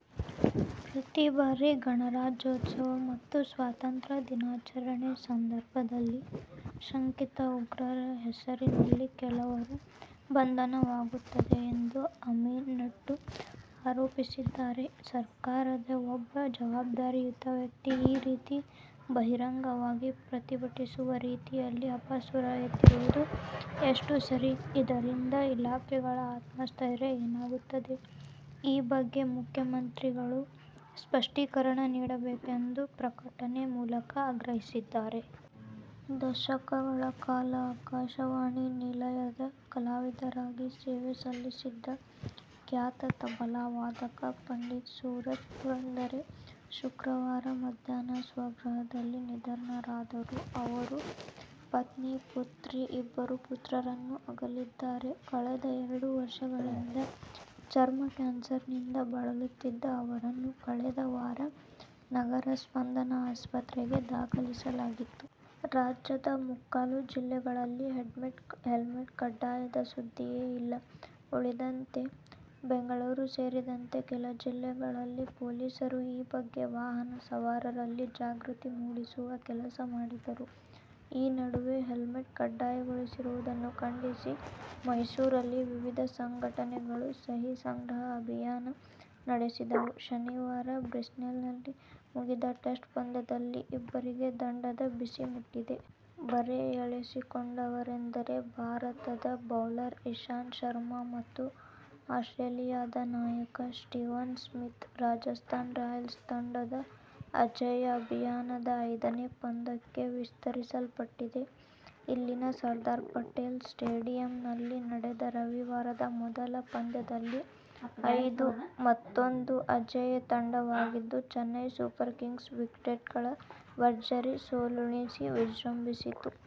ಪ್ರತಿ ಬಾರಿ ಗಣರಾಜ್ಯೋತ್ಸವ ಮತ್ತು ಸ್ವಾತಂತ್ರ್ಯ ದಿನಾಚರಣೆ ಸಂದರ್ಭದಲ್ಲಿ ಶಂಕಿತ ಉಗ್ರರ ಹೆಸರಿನಲ್ಲಿ ಕೆಲವರ ಬಂಧನವಾಗುತ್ತದೆ ಎಂದು ಅಮಿನ್ಮಟ್ಟು ಆರೋಪಿಸಿದ್ದಾರೆ. ಸರ್ಕಾರದ ಒಬ್ಬ ಜವಾಬ್ದಾರಿಯುತ ವ್ಯಕ್ತಿ ಈ ರೀತಿ ಬಹಿರಂಗವಾಗಿ ಪ್ರತಿಭಟಿಸುವ ರೀತಿಯಲ್ಲಿ ಅಪಸ್ವರ ಎತ್ತಿರುವುದು ಎಷ್ಟು ಸರಿ? ಇದರಿಂದ ಇಲಾಖೆಗಳ ಆತ್ಮಸ್ಥೈರ್ಯ ಏನಾಗುತ್ತದೆ? ಈ ಬಗ್ಗೆ ಮುಖ್ಯಮಂತ್ರಿಗಳು ಸ್ಪಷ್ಟೀಕರಣ ನೀಡಬೇಕು ಎಂದು ಪ್ರಕಟಣೆ ಮೂಲಕ ಆಗ್ರಹಿಸಿದ್ದಾರೆ. ದಶಕಗಳ ಕಾಲ ಆಕಾಶವಾಣಿ ನಿಲಯದ ಕಲಾವಿದರಾಗಿ ಸೇವೆ ಸಲ್ಲಿಸಿದ್ದ ಖ್ಯಾತ ತಬಲಾ ವಾದಕ ಪಂ. ಸೂರಜ ಪುರಂದರೆ ಶುಕ್ರವಾರ ಮಧ್ಯಾಹ್ನ ಸ್ವಗೃಹದಲ್ಲಿ ನಿಧನರಾದರು. ಅವರು ಪತ್ನಿ, ಪುತ್ರಿ, ಇಬ್ಬರು ಪುತ್ರರನ್ನು ಅಗಲಿದ್ದಾರೆ. ಕಳೆದ ಎರಡು ವರ್ಷಗಳಿಂದ ಚರ್ಮ ಕ್ಯಾನ್ಸರ್ನಿಂದ ಬಳಲುತ್ತಿದ್ದ ಅವರನ್ನು ಕಳೆದ ವಾರ ನಗರದ ಸ್ಪಂದನ ಆಸ್ಪತ್ರೆಗೆ ದಾಖಲಿಸಲಾಗಿತ್ತು. ರಾಜ್ಯದ ಮುಕ್ಕಾಲು ಜಿಲ್ಲೆಗಳಲ್ಲಿ ಹೆಲ್ಮೆಟ್ ಕಡ್ಡಾಯದ ಸುದ್ದಿಯೇ ಇಲ್ಲ, ಉಳಿದಂತೆ ಬೆಂಗಳೂರು ಸೇರಿದಂತೆ ಕೆಲ ಜಿಲ್ಲೆಗಳಲ್ಲಿ ಪೊಲೀಸರು ಈ ಬಗ್ಗೆ ವಾಹನ ಸವಾರರಲ್ಲಿ ಜಾಗೃತಿ ಮೂಡಿಸುವ ಕೆಲಸ ಮಾಡಿದರು. ಈ ನಡುವೆ, ಹೆಲ್ಮೆಟ್ ಕಡ್ಡಾಯಗೊಳಿಸಿರುವುದನ್ನು ಖಂಡಿಸಿ ಮೈಸೂರಲ್ಲಿ ವಿವಿಧ ಸಂಘಟನೆಗಳು ಸಹಿಸಂಗ್ರಹ ಅಭಿಯಾನ ನಡೆಸಿದವು. ಶನಿವಾರ ಬ್ರಿಸ್ಬೇನ್ನಲ್ಲಿ ಮುಗಿದ ಟೆಸ್ಟ್ ಪಂದ್ಯದಲ್ಲಿ ಇಬ್ಬರಿಗೆ ದಂಡದ ಬಿಸಿ ಮುಟ್ಟಿದೆ. "ಬರೆ' ಎಳೆಸಿಕೊಂಡವರೆಂದರೆ ಭಾರತದ ಬೌಲರ್ ಇಶಾಂತ್ ಶರ್ಮ ಮತ್ತು ಆಸ್ಟ್ರೇಲಿಯದ ನಾಯಕ ಸ್ಟೀವನ್ ಸ್ಮಿತ್. ರಾಜಸ್ಥಾನ್ ರಾಯಲ್ಸ್ ತಂಡದ ಅಜೇಯ ಅಭಿಯಾನ ಐದನೇ ಪಂದ್ಯಕ್ಕೆ ವಿಸ್ತರಿಸಲ್ಪಟ್ಟಿದೆ. ಇಲ್ಲಿನ "ಸರ್ದಾರ್ ಪಟೇಲ್ ಸ್ಟೇಡಿಯಂ'ನಲ್ಲಿ ನಡೆದ ರವಿವಾರದ ಮೊದಲ ಪಂದ್ಯದಲ್ಲಿ ಅದು ಮತ್ತೂಂದು ಅಜೇಯ ತಂಡವಾಗಿದ್ದ ಚೆನ್ನೈ ಸೂಪರ್ ಕಿಂಗ್ಸ್ಗೆ ವಿಕೆಟ್ಗಳ ಭರ್ಜರಿ ಸೋಲುಣಿಸಿ ವಿಜೃಂಭಿಸಿತು.